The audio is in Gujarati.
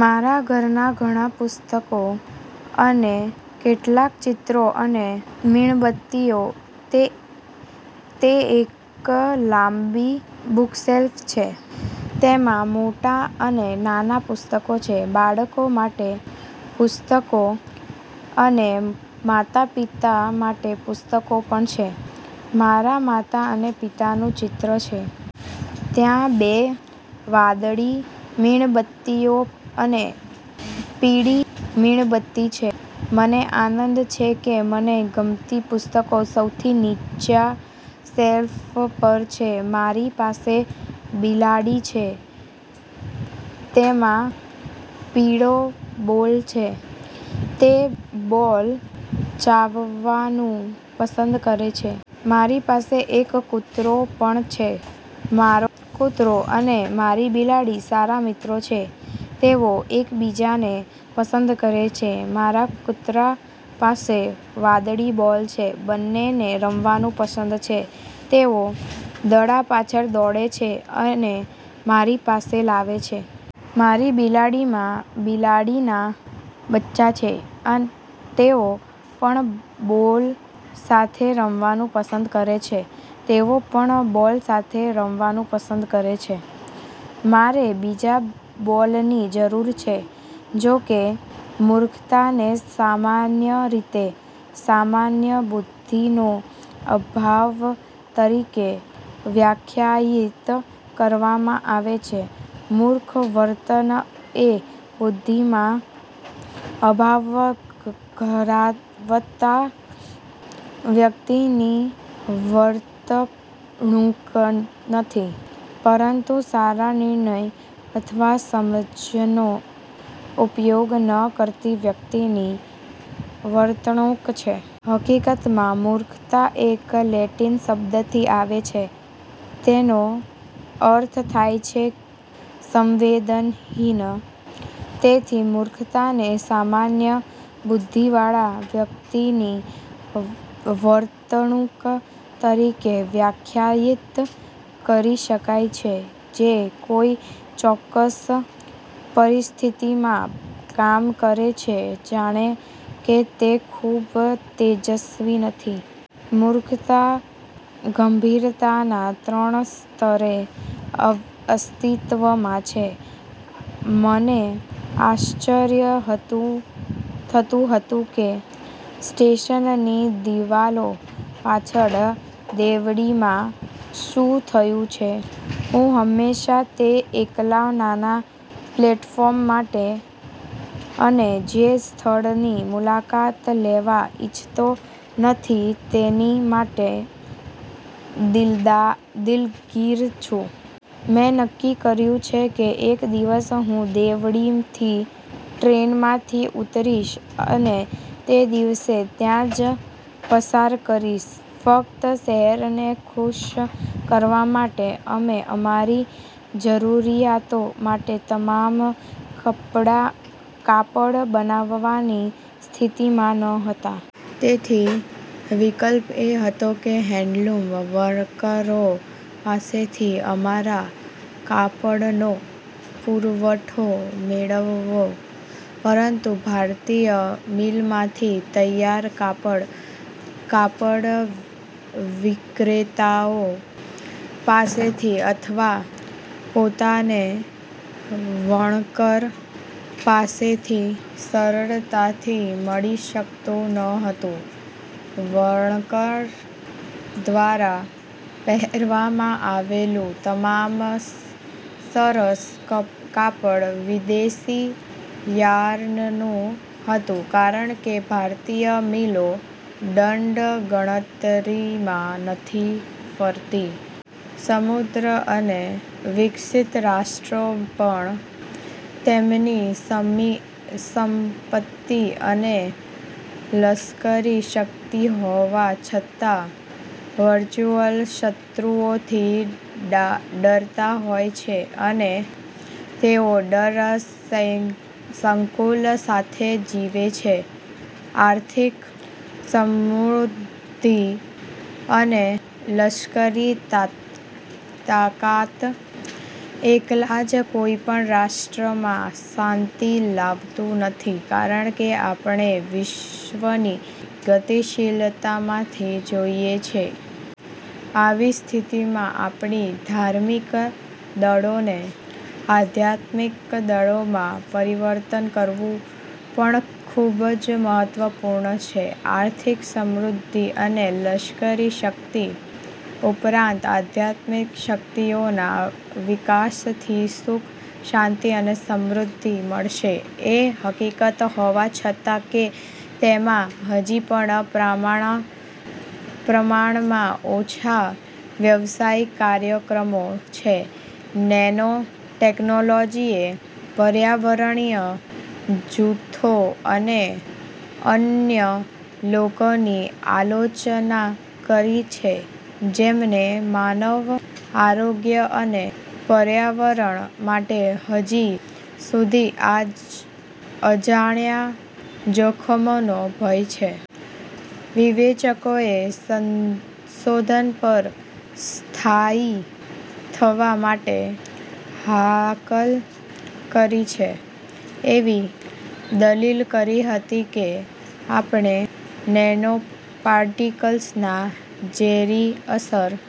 મારા ઘરના ઘણા પુસ્તકો અને કેટલાક ચિત્રો અને મીણબત્તીઓ. તે એક લાંબી બુકશેલ્ફ છે. તેમાં મોટા અને નાના પુસ્તકો છે. બાળકો માટે પુસ્તકો અને માતાપિતા માટે પુસ્તકો પણ છે. મારા માતા અને પિતાનું ચિત્ર છે. ત્યાં બે વાદળી મીણબત્તીઓ અને પીળી મીણબત્તી છે. મને આનંદ છે કે મને ગમતી પુસ્તકો સૌથી નીચા શેલ્ફ પર છે. મારી પાસે બિલાડી છે. તેમાં પીળો બોલ છે. તે બોલ ચાવવાનું પસંદ કરે છે. મારી પાસે એક કૂતરો પણ છે. મારો કૂતરો અને મારી બિલાડી સારા મિત્રો છે. તેઓ એકબીજાને પસંદ કરે છે. મારા કૂતરા પાસે વાદળી બોલ છે. બંનેને રમવાનું પસંદ છે. તેઓ દડા પાછળ દોડે છે અને મારી પાસે લાવે છે. મારી બિલાડીમાં બિલાડીના બચ્ચાં છે. તેઓ પણ બોલ સાથે રમવાનું પસંદ કરે છે. તેઓ પણ બોલ સાથે રમવાનું પસંદ કરે છે. મારે બીજા બોલની જરૂર છે. જોકે મૂર્ખતાને સામાન્ય રીતે 'સામાન્ય બુદ્ધિનો અભાવ' તરીકે વ્યાખ્યાયિત કરવામાં આવે છે, મૂર્ખ વર્તન એ બુદ્ધિમાં અભાવ ધરાવતા વ્યક્તિની વર્તણૂક નથી, પરંતુ સારા નિર્ણય અથવા સમજનો ઉપયોગ ન કરતી વ્યક્તિની વર્તણૂક છે. હકીકતમાં, મૂર્ખતા એ લેટિન શબ્દથી આવે છે જેનો અર્થ થાય છે 'સંવેદનહીન'. તેથી, મૂર્ખતાને સામાન્ય બુદ્ધિવાળા વ્યક્તિની વર્તણૂક તરીકે વ્યાખ્યાયિત કરી શકાય છે જે કોઈ ચોક્કસ પરિસ્થિતિમાં કામ કરે છે જાણે કે તે ખૂબ તેજસ્વી નથી. મૂર્ખતા ગંભીરતાના ત્રણ સ્તરે અસ્તિત્વમાં છે. મને આશ્ચર્ય થતું હતું કે સ્ટેશનની દિવાલો પાછળ દેવળીમાં શું થયું છે. હું હંમેશાં તે એકલા નાના પ્લેટફોર્મ માટે, અને જે સ્થળની મુલાકાત લેવા ઇચ્છતો નથી તેના માટે દિલગીર છું. મેં નક્કી કર્યું છે કે એક દિવસ હું દેવળીથી ટ્રેનમાંથી ઉતરીશ, અને તે દિવસને ત્યાં જ પસાર કરીશ, ફક્ત શહેરને ખુશ કરવા માટે. અમે અમારી જરૂરિયાતો માટે તમામ કાપડ બનાવવાની સ્થિતિમાં ન હતા. તેથી વિકલ્પ એ હતો કે હેન્ડલૂમ વણકરો પાસેથી અમારા કાપડનો પુરવઠો મેળવવો. પરંતુ ભારતીય મિલમાંથી તૈયાર કાપડ કાપડ વિક્રેતાઓ પાસેથી અથવા પોતાને વણકર પાસેથી સરળતાથી મળી શકતું ન હતું. વણકર દ્વારા પહેરવામાં આવેલું તમામ સરસ કાપડ વિદેશી યાર્નનું હતું, કારણ કે ભારતીય મિલો દંડ ગણતરીમાં નથી ફરતી. સમૃદ્ધ અને વિકસિત રાષ્ટ્રો પણ, તેમની સંપત્તિ અને લશ્કરી શક્તિ હોવા છતાં, વર્ચુઅલ શત્રુઓથી ડરતા હોય છે અને તેઓ ડર સંકુલ સાથે જીવે છે. આર્થિક સમૃદ્ધિ અને લશ્કરી તાકાત, એકલા જ કોઈપણ રાષ્ટ્રમાં શાંતિ લાવતું નથી, કારણ કે આપણે વિશ્વની ગતિશીલતામાંથી જોઈએ છીએ. આવી સ્થિતિમાં આપણી ધાર્મિક દળોને આધ્યાત્મિક દળોમાં પરિવર્તન કરવું પણ ખૂબ જ મહત્વપૂર્ણ છે. આર્થિક સમૃદ્ધિ અને લશ્કરી શક્તિ ઉપરાંત આધ્યાત્મિક શક્તિઓના વિકાસથી સુખ, શાંતિ અને સમૃદ્ધિ મળશે. એ હકીકત હોવા છતાં કે તેમાં હજી પણ પ્રમાણમાં ઓછા વ્યવસાયિક કાર્યક્રમો છે, નેનો ટેકનોલોજીએ પર્યાવરણીય જૂથો અને અન્ય લોકોની આલોચના કરી છે જેમને માનવ આરોગ્ય અને પર્યાવરણ માટે હજી સુધી અજાણ્યા જોખમોનો ભય છે. વિવેચકોએ સંશોધન પર સ્થાયી થવા માટે હાકલ કરી છે, એવી દલીલ કરી હતી કે આપણે નેનોપાર્ટિકલ્સના ઝેરી અસર